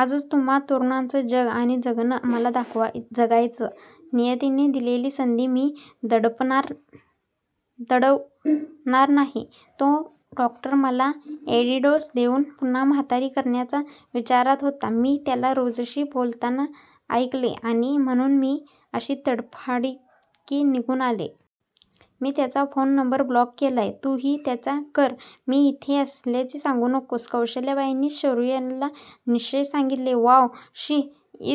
आजच तुम्हा तरुणांचं 'जग' आणि 'जगणं ' मला जगायचंय! नियतीने दिलेली संधी मी दवडणार नाही! तो डॉक्टर मला ऍंटीडोस देऊन पुन्हा म्हातारी करण्याच्या विचारात होता! मी त्याला रोजीशी बोलताना ऐकलंय! आणि म्हणून मी अशी तडकाफडकी निघून आले! मी त्याचा फोन नंबर ब्लॉक केलाय! तू हि त्याचा कर! मी येथे असल्याचे सांगू नकोस! कौसल्याबाईंनी शरयूला निक्षून सांगितले. Wow! She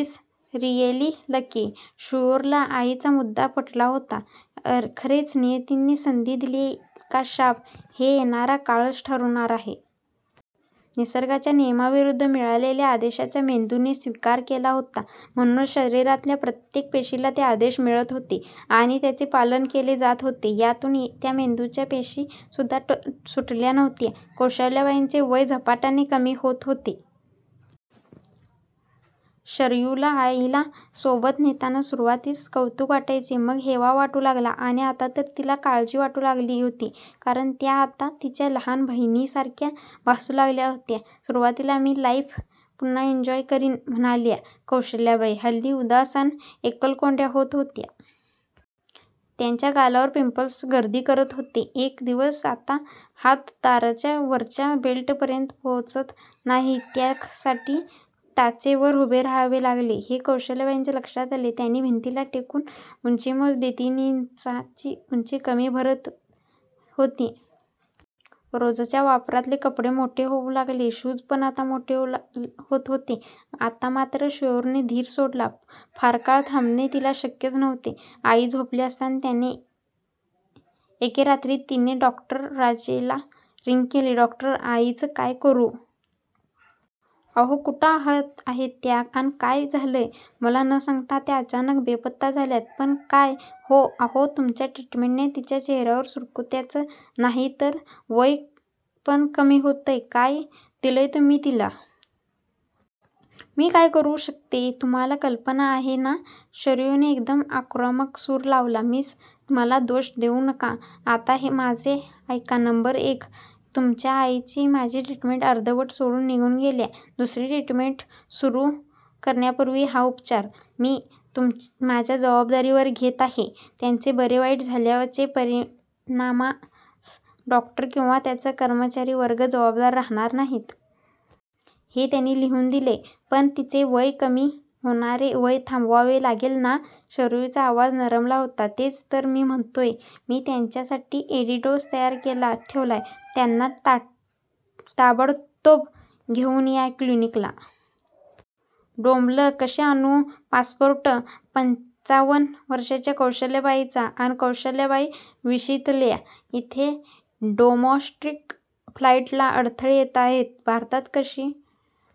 is really lucky! शरयूला आईचा मुद्दा पटला होता! खरेच नियतीने 'संधी' दिलीयय का, 'शाप ' हे येणारा काळच ठरवणार होता! निसर्गच्या नियमाविरुद्ध मिळालेल्या आदेशाचा मेंदूने स्वीकार केला होता! म्हणूनच शरीरातल्या प्रत्येक पेशीला ते आदेश मिळत होते! आणि त्यांचे पालन केले जात होते! यातून त्या मेंदूच्या पेशी सुद्धा सुटल्या नव्हत्या! कौसल्याबाईंचे वय झपाट्याने कमी होत होते. शरयूला आईला सोबत नेताना सुरवातीस कौतुक वाटायचे, मग हेवा वाटू लागला आणि आता तर तिला काळजी वाटू लागली होती. कारण त्या आता तिच्या लहान बहिणी सारख्या भासू लागल्या होत्या! सुरवातीला मी लाईफ पुन्हा एन्जॉय करीन म्हणणाऱ्या कौसल्याबाई, हल्ली उदास अन एक्कलकोंड्या होत होत्या! त्यांच्या गालावर पिंपल्स गर्दी करत होते! एक दिवस आपला हात दाराच्या वरच्या बोल्ट पर्यंत पोहचत नाही, त्या साठी टाचेवर उभे रहावे लागते हे कौसल्याबाईंच्या लक्षात आले. त्यांनी भिंतीला टेकून उंची मोजली. तीन इंचाने उंची कमी भरत होती! रोजच्या वापरातले कपडे मोठे होऊ लागले, शूज पण मोठे होत होते. आता मात्र शरयूने धीर सोडला. फारकाळ थांबणे तिला शक्यच नव्हते. आई झोपली असताना, एके रात्री तिने डॉ. राजेंना रिंग केली. " डॉक्टर, आईच काय करू? " "अहो, कुठं आहेत त्या? अन काय झालंय? मला न सांगता त्या अचानक बेपत्ता झाल्यात! " "पण काय? " "अहो, तुमच्या ट्रीटमेंटने तिच्या चेहऱ्यावरच्या सुरकुत्याच, नाही तर वय पण कमी होतंय! काय दिलंत तुम्ही तिला? मी काय करू शकते तुम्हाला कल्पना आहे ना? " शरयूने एकदम आक्रमक सूर लावला. "मिस! मला दोष देऊ नका! आता माझे ऐका! नंबर एक, तुमच्या आई, माझी ट्रीटमेंट अर्धवट सोडून निघून गेल्या. दुसरे, ट्रीटमेंट सुरु करण्यापूर्वी 'हा उपचार, मी माझ्या जवाबदारीवर घेत आहे, त्याचे बरे वाईट झालेल्या परिणामास डॉक्टर किंवा त्यांचा कर्मचारी वर्ग जवाबदार रहाणार नाहीत. हे त्यांनी लिहून दिलीय! " "पण तिचे कमी होणारे वय थांबवावे लागेल ना? " शरयूचा आवाज नरमला होता. " तेच तर मी म्हणतोय! मी त्यांच्या साठी ऍंटीडोस तयार करून ठेवलाय! त्यांना ताबडतोब घेऊन या क्लिनिकला! " डोंबल! कशी आणू? पासपोर्ट, पंचावन्न वर्षाच्या कौसल्याबाईचा अन कौशल्याबाई विशीतल्या! येथे डोमॅस्टिक फ्लाईटला अडथळे येताहेत, भारतात कशी